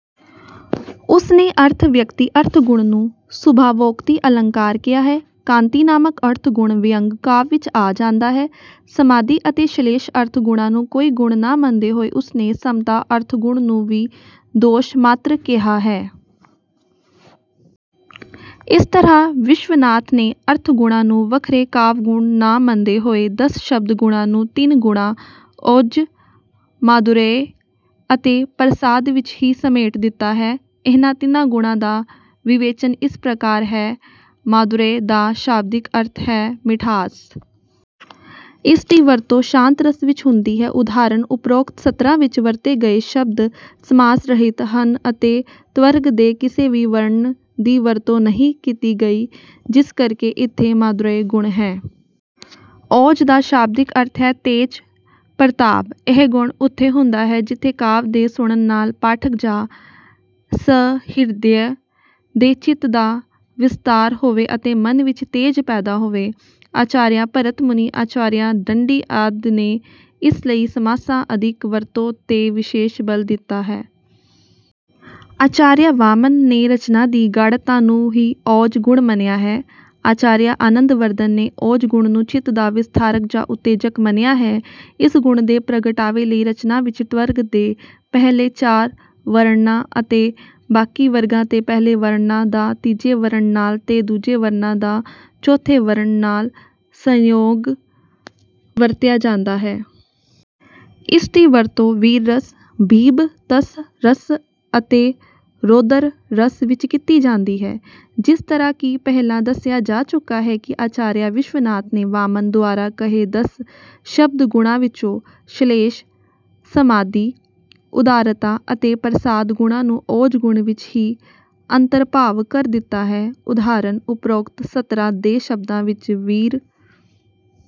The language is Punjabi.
ਉਸਨੇ ਅਰਥ-ਵਿਅਕਤੀ ਅਰਥ ਗੁਣ ਨੂੰ ਸੁਭਾਵੋਕਤੀ ਅਲੰਕਾਰ ਕਿਹਾ ਹੈ। ਕਾਂਤੀ ਨਾਮਕ ਅਰਥ ਗੁਣ ਵਿਅੰਗ ਕਾਵਿ ਵਿੱਚ ਆ ਜਾਂਦਾ ਹੈ। ਸਮਾਧੀ ਅਤੇ ਸ਼ਲੇਸ਼ ਅਰਥ ਗੁਣਾਂ ਨੂੰ ਕੋਈ ਗੁਣ ਨਾ ਮੰਨਦੇ ਹੋਏ ਉਸਨੇ ਸਮਤਾ ਅਰਥ ਗੁਣ ਨੂੰ ਵੀ ਦੋਸ਼ ਮਾਤ੍ਰ ਕਿਹਾ ਹੈ। ਇਸ ਤਰ੍ਹਾਂ ਵਿਸ਼ਵਨਾਥ ਨੇ ਅਰਥ ਗੁਣਾਂ ਨੂੰ ਵੱਖਰੇ ਕਾਵਿ-ਗੁਣ ਨਾ ਮੰਨਦੇ ਹੋਏ ਦਸ ਸ਼ਬਦ ਗੁਣਾਂ ਨੂੰ ਤਿੰਨ ਗੁਣਾਂ- ਓਜ, ਮਾਧੁਰਯ ਅਤੇ ਪ੍ਰਸਾਦ ਵਿੱਚ ਹੀ ਸਮੇਟ ਦਿੱਤਾ ਹੈ। ਇਨ੍ਹਾਂ ਤਿੰਨਾਂ ਗੁਣਾਂ ਦਾ ਵਿਵੇਚਨ ਇਸ ਪ੍ਰਕਾਰ ਹੈ- ਮਾਧੁਰਯ ਦਾ ਸ਼ਾਬਦਿਕ ਅਰਥ ਹੈ ਮਿਠਾਸ। ਇਸ ਦੀ ਵਰਤੋਂ ਸ਼ਾਂਤ ਰਸ ਵਿੱਚ ਹੁੰਦੀ ਹੈ। ਉਦਾਹਰਣ- ਓਪਰੋਕਤ ਸਤਰਾਂ ਵਿੱਚ ਵਰਤੇ ਗਏ ਸ਼ਬਦ ਸਮਾਸ ਰਹਿਤ ਹਨ ਅਤੇ ਟਵਰਗ ਦੇ ਕਿਸੇ ਵੀ ਵਰਣ ਦੀ ਵਰਤੋਂ ਨਹੀਂ ਕੀਤੀ ਗਈ, ਜਿਸ ਕਰਕੇ ਇਥੇ ਮਾਧੁਰਯ ਗੁਣ ਹੈ। ਓਜ ਦਾ ਸ਼ਾਬਦਿਕ ਅਰਥ ਹੈ ਤੇਜ, ਪ੍ਰਤਾਪ। ਇਹ ਗੁਣ ਉਥੇ ਹੁੰਦਾ ਹੈ ਜਿਥੇ ਕਾਵਿ ਦੇ ਸੁਣਨ ਨਾਲ ਪਾਠਕ ਜਾਂ ਸਹ੍ਰਿਦਯ ਦੇ ਚਿੱਤ ਦਾ ਵਿਸਤਾਰ ਹੋਵੇ ਅਤੇ ਮਨ ਵਿੱਚ ਤੇਜ ਪੈਦਾ ਹੋਵੇ। ਆਚਾਰੀਆ ਭਰਤ ਮੁਨੀ, ਆਚਾਰੀਆ ਦੰਡੀ ਆਦਿ ਨੇ ਇਸ ਲਈ ਸਮਾਸਾਂ ਅਧਿਕ ਵਰਤੋਂ 'ਤੇ ਵਿਸ਼ੇਸ਼ ਬਲ ਦਿੱਤਾ ਹੈ। ਆਚਾਰੀਆ ਵਾਮਨ ਨੇ ਰਚਨਾ ਦੀ ਗਾੜ੍ਹਤਾ ਨੂੰ ਹੀ ਓਜ ਗੁਣ ਮੰਨਿਆ ਹੈ। ਆਚਾਰੀਆ ਆਨੰਦਵਰਧਨ ਨੇ ਓਜ ਗੁਣ ਨੂੰ ਚਿੱਤ ਦਾ ਵਿਸਥਾਰਕ ਜਾਂ ਉਤੇਜਕ ਮੰਨਿਆ ਹੈ। ਇਸ ਗੁਣ ਦੇ ਪ੍ਰਗਟਾਵੇ ਲਈ ਰਚਨਾ ਵਿੱਚ ਟਵਰਗ ਦੇ ਪਹਿਲੇ ਚਾਰ ਵਰਣਾਂ ਅਤੇ ਬਾਕੀ ਵਰਗਾਂ ਦੇ ਪਹਿਲੇ ਵਰਣਾਂ ਦਾ ਤੀਜੇ ਵਰਣ ਨਾਲ ਤੇ ਦੂਜੇ ਵਰਣਾਂ ਦਾ ਚੌਥੇ ਵਰਣ ਨਾਲ ਸੰਯੋਗ ਵਰਤਿਆ ਜਾਂਦਾ ਹੈ। ਇਸ ਦੀ ਵਰਤੋਂ ਵੀਰ ਰਸ, ਬੀਭਤਸ ਰਸ ਅਤੇ ਰੌਦਰ ਰਸ ਵਿੱਚ ਕੀਤੀ ਜਾਂਦੀ ਹੈ। ਜਿਸ ਤਰ੍ਹਾਂ ਕਿ ਪਹਿਲਾਂ ਦੱਸਿਆ ਜਾ ਚੁੱਕਾ ਹੈ ਕਿ ਆਚਾਰੀਆ ਵਿਸ਼ਵਨਾਥ ਨੇ ਵਾਮਨ ਦੁਆਰਾ ਕਹੇ ਦਸ ਸ਼ਬਦ ਗੁਣਾਂ ਵਿੱਚੋਂ- ਸ਼ਲੇਸ਼, ਸਮਾਧੀ, ਉਦਾਰਤਾ ਅਤੇ ਪ੍ਰਸਾਦ ਗੁਣਾਂ ਨੂੰ ਓਜ ਗੁਣ ਵਿੱਚ ਹੀ ਅੰਤਰਭਾਵ ਕਰ ਦਿੱਤਾ ਹੈ। ਉਦਾਹਰਣ- ਓਪਰੋਕਤ ਸਤਰਾਂ ਦੇ ਸ਼ਬਦਾਂ ਵਿੱਚ ਵੀਰ